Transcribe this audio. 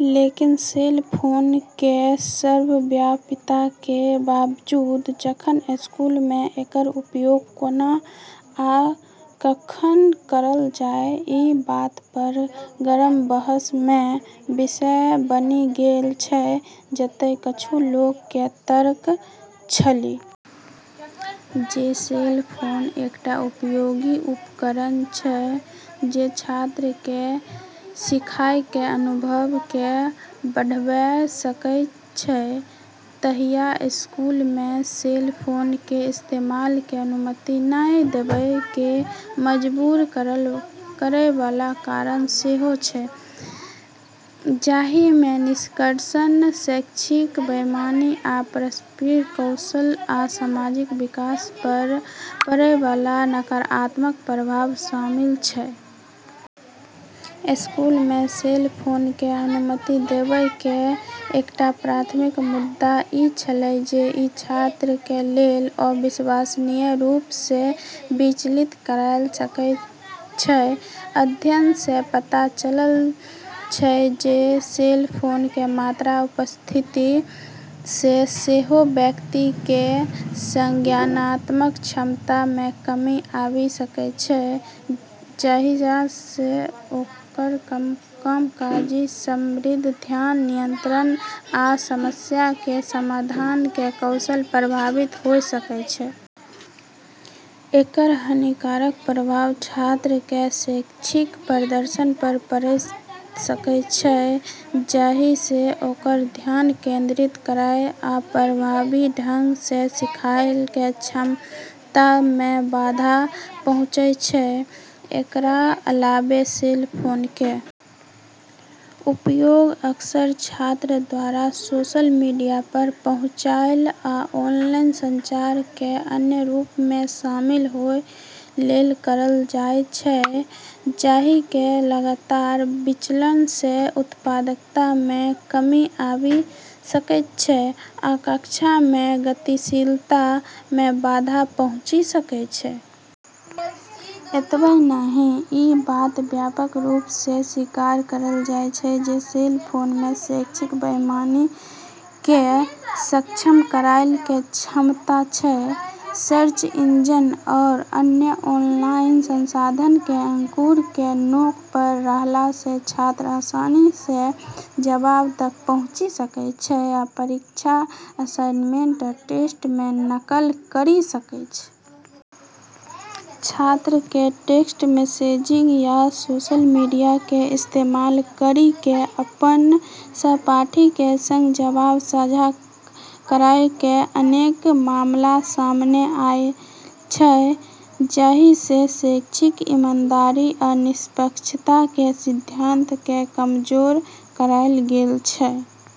लेकिन, cell phone के सर्वव्यापीता के बावजूद जखन स्कूल मे एकर उपयोग कोना आ कखन करल जाए, ई बात पर गरम बहस के विषय बनि गेल अछि। जतय किछु लोक के तर्क अछि जे सेल फोन एकटा उपयोगी उपकरण अछि जे छात्र के सीखय के अनुभव के बढ़ाबय सकैत अछि, तहिया स्कूल मे सेल फोन के इस्तेमाल के अनुमति नहि देबय के मजबूर करय वाला कारण सेहो अछि, जाहि मे विकर्षण, शैक्षणिक बेईमानी आ पारस्परिक कौशल आ सामाजिक विकास पर पड़य वाला नकारात्मक प्रभाव शामिल अछि। स्कूल मे सेल फोन के अनुमति देबय के एकटा प्राथमिक मुद्दा ई अछि जे ई छात्र के लेल अविश्वसनीय रूप सँ विचलित करय सकैत अछि। अध्ययन सँ पता चलल अछि जे सेल फोन के मात्र उपस्थिति सँ सेहो व्यक्ति के संज्ञानात्मक क्षमता मे कमी आबि सकैत अछि, जाहि सँ ओकर कामकाजी स्मृति, ध्यान नियंत्रण आ समस्या के समाधान के कौशल प्रभावित होय सकैत अछि। एकर हानिकारक प्रभाव छात्र के शैक्षणिक प्रदर्शन पर पड़ै सकैत अछि, जाहि सँ ओकर ध्यान केंद्रित करय आ प्रभावी ढंग सँ सीखय के क्षमता मे बाधा पहुँचैत अछि। एकरा अलावे, सेल फोन के उपयोग अक्सर छात्र द्वारा सोशल मीडिया पर पहुँचय आ ऑनलाइन संचार के अन्य रूप मे शामिल होय लेल करल जाएत अछि, जाहि के लगातार विचलन सँ उत्पादकता मे कमी आबि सकैत अछि आ कक्षा के गतिशीलता मे बाधा पहुँचि सकैत अछि। एतबे नहि, ई बात व्यापक रूप सँ स्वीकार कएल जाएत अछि जे सेल फोन मे शैक्षणिक बेईमानी के सक्षम करय के क्षमता अछि। सर्च इंजन आ अन्य ऑनलाइन संसाधन के अंगुर के नोक पर रहला सँ छात्र आसानी सँ जवाब तक पहुँचि सकैत अछि आ परीक्षा, असाइनमेंट आ टेस्ट मे नकल करि सकैत अछि। छात्र के टेक्स्ट मैसेजिंग या सोशल मीडिया के इस्तेमाल करि क' अपन सहपाठी के संग जवाब साझा करय के अनेक मामला सामने आएल अछि, जाहि सँ शैक्षणिक ईमानदारी आ निष्पक्षता के सिद्धांत के कमजोर कएल गेल अछि।